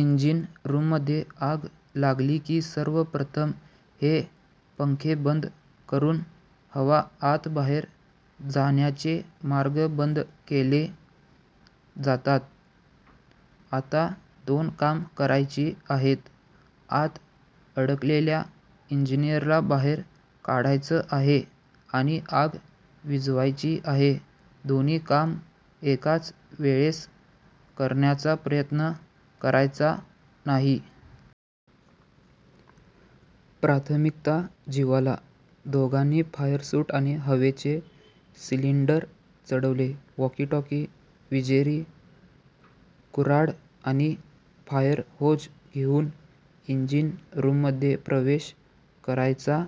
इंजिनरूममध्ये आग लागली की सर्वप्रथम हे पंखे बंद करून हवा आतबाहेर जाण्याचे मार्ग बंद केले जातात. आता दोन कामं करायची आहेत. आत अडकलेल्या इन्जिनियरला बाहेर काढायचं आहे आणि आग विझवायची आहे. दोन्ही कामं एकाच वेळेस करण्याचा प्रयत्न करायचा नाही. प्राथमिकता जिवाला. दोघांनी फायर सूट आणि हवेचे सिलिंडर चढवायचे, वॉकी टॉकी, विजेरी, कुर्हाड आणि फायर होज घेऊन इंजिन रूममध्ये प्रवेश करायचा.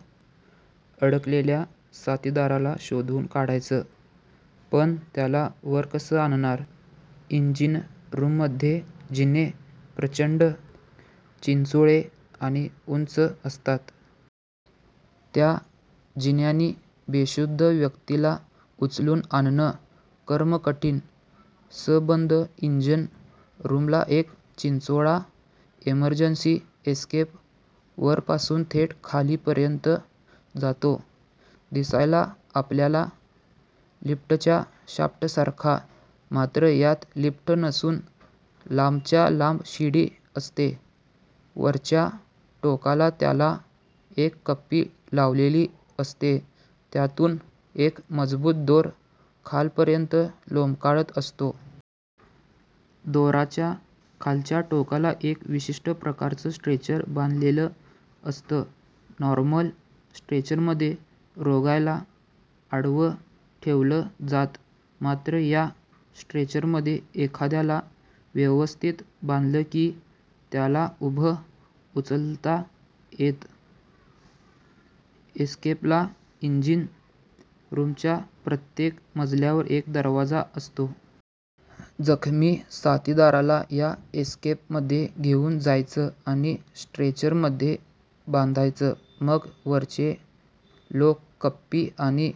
अडकलेल्या साथिदाराला शोधून काढायचं, पण त्याला वर कसं आणणार? इंजिनरूममधले जिने प्रचंड चिंचोळे आणि उंच असतात. त्या जिन्यांनी बेशुद्ध व्यक्तीला उचलून आणणं कर्मकठीण! सबंद इंजिन रूमला एक चिंचोळा इमर्जन्सी एस्केप वरपासून थेट खालपर्यंत जातो. दिसायला आपल्या लिफ्टच्या शाफ्टसारखा. मात्र यात लिफ्ट नसून लांबच्या लांब शिडी असते. वरच्या टोकाला त्याला एक कप्पी लावलेली असते त्यातून एक मजबूत दोर खालपर्यंत लोंबकळत असतो. दोराच्या खालच्या टोकाला एक विशिष्ट प्रकारचं स्ट्रेचर बांधलेलं असतं. नॉर्मल स्ट्रेचरमध्ये रोग्याला आडवं ठेवलं जातं. मात्र या स्ट्रेचरमध्ये एखाद्याला व्यवस्थित बांधलं की त्याला उभं उचलता येतं. एस्केपला इंजिन रूमच्या प्रत्येक मजल्यावर एक दरवाजा असतो. जखमी साथिदाराला या एस्केपमध्ये घेऊन जायचं आणि स्ट्रेचरमध्ये बांधायचं. मग वरचे लोक कप्पी आणि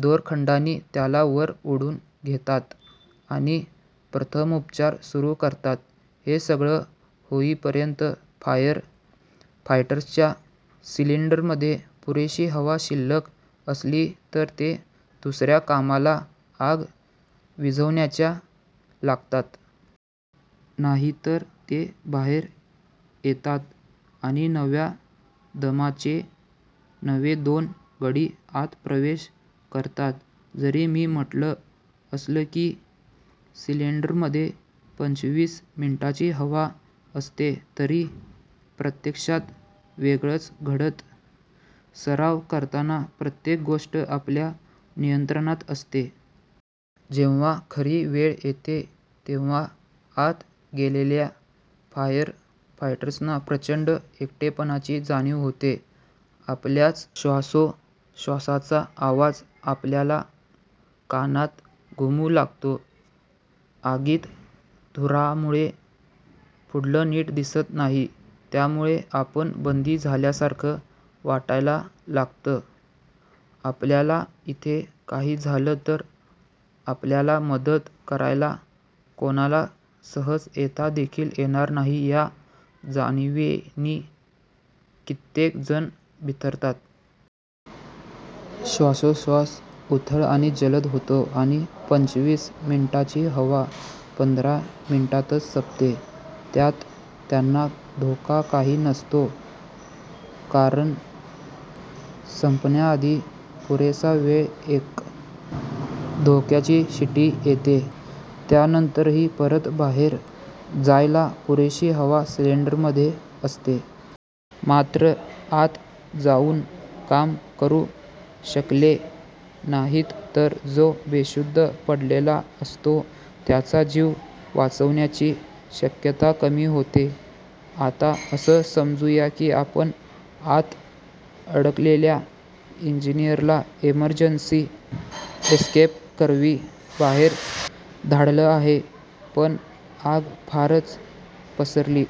दोरखंडानी त्याला वर ओढून घेतात आणि प्रथमोपचार सुरू करतात. हे सगळं होईपर्यंत फायर फायटर्सच्या सिलिंडरांमध्ये पुरेशी हवा शिल्लक असली तर ते दुसर्या कामाला – आग विझवण्याच्या – लागतात. नाहीतर ते बाहेर येतात आणि नव्या दमाचे नवे दोन गडी आत प्रवेश करतात. जरी मी म्हटलं असलं की सिलिंडरमध्ये पंचवीस मिनिटांची हवा असते, तरी प्रत्यक्षात वेगळंच घडतं. सराव करताना प्रतेक गोष्ट आपल्या नियंत्रणात असते. जेव्हां खरी वेळ येते तेव्हां आत गेलेल्या फायर फायटर्सना प्रचंड एकटेपणाची जाणीव होते. आपल्याच श्वासोश्वासाचा आवाज आपल्या कानात घुमू लागतो. आगीत धुरामुळे पुढलं नीट दिसत नाही त्यामुळे आपण बंदी झाल्यासारखं वाटायला लागतं. आपल्याला इथे काही झालं तर आपल्याला मदत करायला कोणाला सहज येता देखील येणार नाही या जाणिवेनी कित्येक जण बिथरतात. श्वासोश्वास उथळ आणि जलद होतो आणि पंचवीस मिनिटांची हवा पंधरा मिनिटातच संपते. त्यात त्यांना धोका काही नसतो कारण संपण्याआधी पुरेसा वेळ एक धोक्याची शिटी येते. त्यानंतरही परत बाहेर जायला पुरेशी हवा सिलिंडरमध्ये असते. मात्र आत जाऊन काम करू शकले नाहीत तर जो बेशुद्ध पडलेला असतो त्याचा जीव वाचण्याची शक्यता कमी होते. आता असं समजू या की आपण आत अडकलेल्या इंजिनियरला इमर्जन्सी एस्केपकरवी बाहेर धाडलं आहे पण आग फारच पसरली